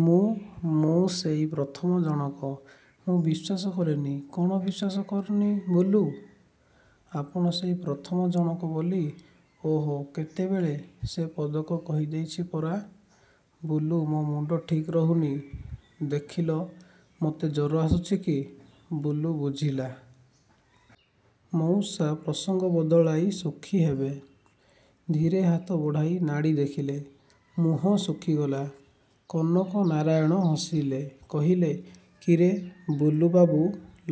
-ମୁଁ?, ମୁଁ ସେଇ ପ୍ରଥମ ଜଣକ। -ମୁଁ ବିଶ୍ୱାସ କରେନି। -କ'ଣ ବିଶ୍ୱାସ କରନି ବୁଲୁ? -ଆପଣ ସେଇ ପ୍ରଥମ ଜଣକ ବୋଲି। -ଓଃ-କେତେବେଳେ ସେ ପଦକ କହିଦେଇଛି ପରା। ବୁଲୁ ମୋ ମୁଣ୍ଡ ଠିକ୍ ରହୁନି। ଦେଖିଲ ମୋତେ ଜ୍ୱର ଆସୁଛି କି? ବୁଲୁ ବୁଝିଲା,। ମଉସା ପ୍ରସଙ୍ଗ ବଦଳାଇ ସୁଖୀ ହେବେ। ଧୀରେ ହାତ ବଢ଼ାଇ ନାଡ଼ି ଦେଖିଲା। ମୁହଁ ଶୁଖିଗଲା। -କନକ ନାରାୟଣ ହସିଲେ। କହିଲେ- କିରେ ବୁଲୁବାବୁ,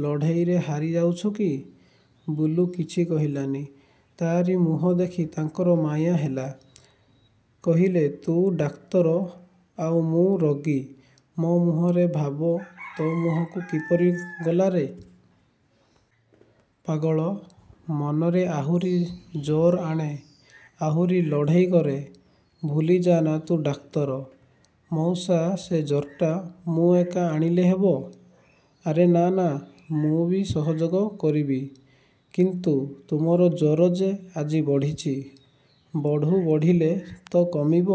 ଲଢ଼େଇରେ ହାରିଯାଉଛୁ କି? ବୁଲୁ କିଛି କହିଲାନି। ତା' ମୁହଁ ଦେଖି ତାଙ୍କର ମାୟା ହେଲା। କହିଲେ-ତୁ ଡାକ୍ତର, ଆଉ ମୁଁ ରୋଗୀ, ମୋ ମୁହଁର ଭାବ ତୋ ମୁହଁକୁ କିପରି ଗଲାରେ? ପାଗଳା। ମନରେ ଆହୁରି ଜୋର ଆଣେ, ଆହୁରି ଲଢ଼େଇ କରେ, ଭୁଲିଯାଆନା ତୁ ଡାକ୍ତର। -ମଉସା ସେ ଜୋର୍ଟା ମୁଁ ଏକା ଆଣିଲେ ହେବ! -ଆରେ ନା ନା, ମୁଁ ବି ସହଯୋଗ କରିବି। -କିନ୍ତୁ ତୁମର ଜ୍ୱର ଯେ ଆଜି ବଢ଼ିଛି। -ବଢ଼ୁ, ବଢ଼ିଲେ ତ କମିବ।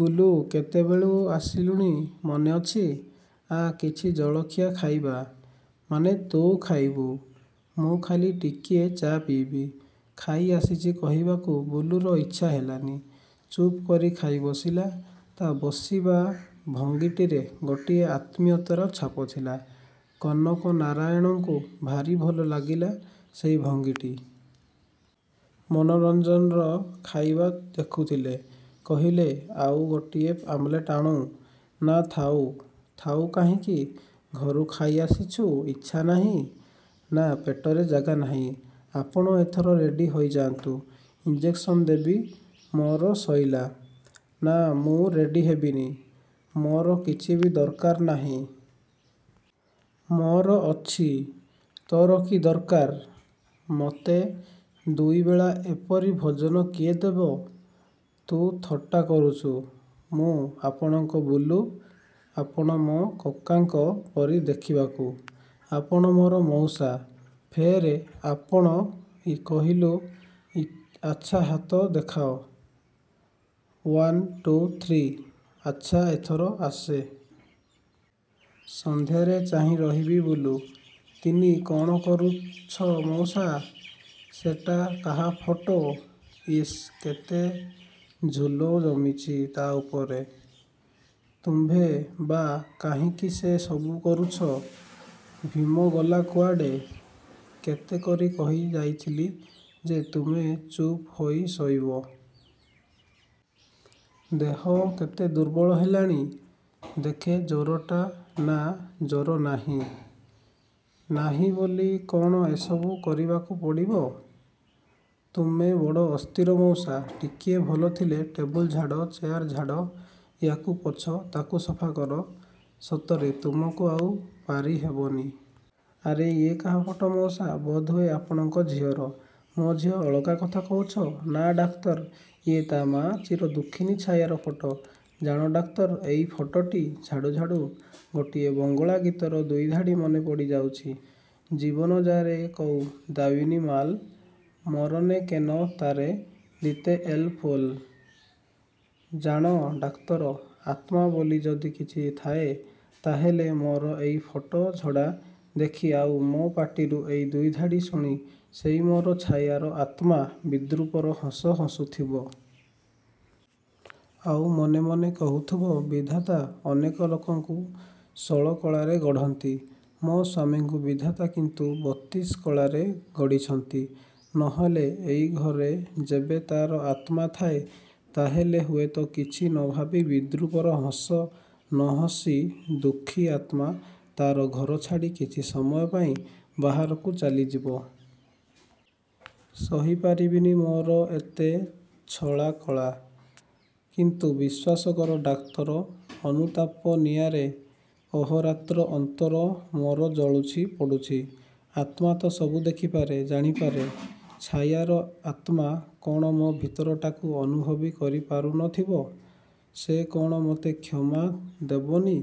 ବୁଲୁ କେତେବେଳୁ ଆସିଲୁଣି ମନେଅଛି। ଆ କିଛି ଜଳଖିଆ ଖାଇବା। ମାନେ ତୁ ଖାଇବୁ। ମୁଁ ଖାଲି ଟିକିଏ ଚା ପିଇବି। ଖାଇ ଆସିଛି କହିବାକୁ ବୁଲୁର ଇଚ୍ଛାହେଲାନି। ଚୁପ୍ କରି ଖାଇବସିଲା। ତା' ବସିବା ଭଙ୍ଗୀଟିରେ ଗୋଟିଏ ଆତ୍ମୀୟତାର ଛାପ ଥିଲା। କନକ ନାରାୟଣଙ୍କୁ ଭାରି ଭଲ ଲାଗିଲା ସେଇ ଭଙ୍ଗୀଟି। ମନୋରଞ୍ଜନର ଖାଇବା ଦେଖୁଥିଲେ। କହିଲେ-ଆଉ ଗୋଟାଏ ଓମ୍ଲେଟ ଆଣୁ? -ନା ଥାଉ। -ଥାଉ କାହିଁକି, ଘରୁ ଖାଇଆସିଛୁ, ଇଚ୍ଛା ନାହିଁ? -ନା, ପେଟରେ ଜାଗା ନାହିଁ। ଆପଣ ଏଥର ରେଡ଼ି ହୋଇଯାନ୍ତୁ। ଇନ୍ଜେକ୍ସନ ଦେବି, ମୋର ସଇଲା। -ନା, ମୁଁ ରେଡ଼ି ହେବିନି, ମୋର କିଛି ଦରକାର ନାହିଁ। -ମୋର ଅଛି। -ତୋ'ର କି ଦରକାର? -ମୋତେ ଦୁଇବେଳା ଏପରି ଭୋଜନ କିଏ ଦେବ? -ତୁ ଥଟ୍ଟା କରୁଛୁ। -ମୁଁ ଆପଣଙ୍କ ବୁଲୁ, ଆପଣ ମୋ କକାଙ୍କ ପରି ଦେଖିବାକୁ, ଆପଣ ମୋର ମଉସା-ଫେର ଆପଣ କହିଲୁ-ଆଚ୍ଛା ହାତ ଦେଖାଅ। ଓ୍ୱାନ୍, ଟୁ, ଥ୍ରୀ,-ଆଚ୍ଛା ଏଥର ଆସେ। -ସନ୍ଧ୍ୟାରେ ଚାହିଁ ରହିବି ବୁଲୁ। ତିନି -କ'ଣ କରୁଛ ମଉସା? ସେଟା କାହା ଫଟୋ? ଇସ୍ କେତେ ଝୁଲ ଜମିଛି ତା' ଉପରେ। ତୁମ୍ଭେ ବା କାହିଁକି ସେ ସବୁ କରୁଛ? ଭୀମ ଗଲା କୁଆଡ଼େ? କେତେକରି କହିଯାଇଥିଲି ଯେ ତୁମେ ଚୁପ୍ ହୋଇ ଶୋଇବ। ଦେହ କେତେ ଦୁର୍ବଳ ହେଲାଣି। ଦେଖେ ଜ୍ୱରଟା-ନା, ଜ୍ୱର ନାହିଁ। ନାହିଁ ବୋଲି କ'ଣ ଏସବୁ କରିବାକୁ ପଡ଼ିବ। ତୁମେ ବଡ଼ ଅସ୍ଥିର ମଉସା, ଟିକିଏ ଭଲ ଥିଲେ ଟେବୁଲ୍ ଝାଡ଼, ଚେୟାର ଝାଡ଼, ୟାକୁ ପୋଛ, ତାକୁ ସଫା କର। ସତରେ ତୁମକୁ ଆଉ ପାରିହେବନି। ଆରେ-ଇଏ କାହା ଫଟୋ ମଉସା। ବୋଧହୁଏ ଆପଣଙ୍କ ଝିଅର। ମୋ ଝିଅ ଅଳକା କଥା କହୁଛ। ନା ଡାକ୍ତର, ଇଏ ତା' ମା ଚିରଦୁଃଖିନୀ ଛାୟାର ଫଟୋ। ଜାଣ ଡାକ୍ତର ଏଇ ଫଟୋଟି ଝାଡ଼ୁ ଝାଡ଼ୁ ଗୋଟିଏ ବଙ୍ଗଳା ଗୀତର ଦୁଇଧାଡ଼ି ମନେପଡ଼ି ଯାଉଛି- ''ଜୀବନେ ଯାରେ କଉ ଦାଔନି ମାଲ, ମରନେ କେନ ତାରେ ଦିତେ ଏଲେ ଫୁଲ'', ଜାଣ ଡାକ୍ତର, ଆତ୍ମା ବୋଲି ଯଦି କିଛି ଥାଏ, ତାହେଲେ ମୋର ଏଇ ଫଟୋ ଝଡ଼ା ଦେଖି ଆଉ ମୋ ପାଟିରୁ ଏଇ ଦୁଇଧାଡ଼ି ଶୁଣି ସେଇ ମୋର ଛାୟାର ଆତ୍ମା ବିଦ୍ରୂପର ହସ ହସୁଥିବ। ଆଉ ମନେମନେ କହୁଥିବ-''ବିଧାତା ଅନେକ ଲୋକଙ୍କୁ ଷୋଳକଳାରେ ଗଢ଼ନ୍ତି। ମୋ ସ୍ୱାମୀଙ୍କୁ ବିଧାତା କିନ୍ତୁ ବତିଶ କଳାରେ ଗଢ଼ିଛନ୍ତି। '' ନହେଲେ ଏଇ ଘରେ ଯେବେ ତା'ର ଆତ୍ମା ଥାଏ ତା'ହେଲେ ହୁଏତ କିଛି ନ ଭାବି ବିଦ୍ରୂପର ହସ ନ ହସି ଦୁଃଖୀ ଆତ୍ମା ତା'ର ଘର ଛାଡ଼ି କିଛି ସମୟ ପାଇଁ ବାହାରକୁ ଚାଲିଯିବ। ସହିପାରିବନି ମୋର ଏତେ ଛଳା କଳା। କିନ୍ତୁ ବଶ୍ୱାସ କର ଡାକ୍ତର, ଅନୁତାପ ନିଆରେ ଅହୋରାତ୍ର ଅନ୍ତର ମୋର ଜଳୁଛି ପୋଡ଼ୁଛି। ଆତ୍ମା ତ ସବୁ ଦେଖିପାରେ, ଜାଣିପାରେ। ଛାୟାର ଆତ୍ମା କ'ଣ ମୋ ଭିତରଟାକୁ ଅନୁଭବି ପାରୁନଥିବ? ସେ କ'ଣ ମୋତେ କ୍ଷମା ଦେବନି?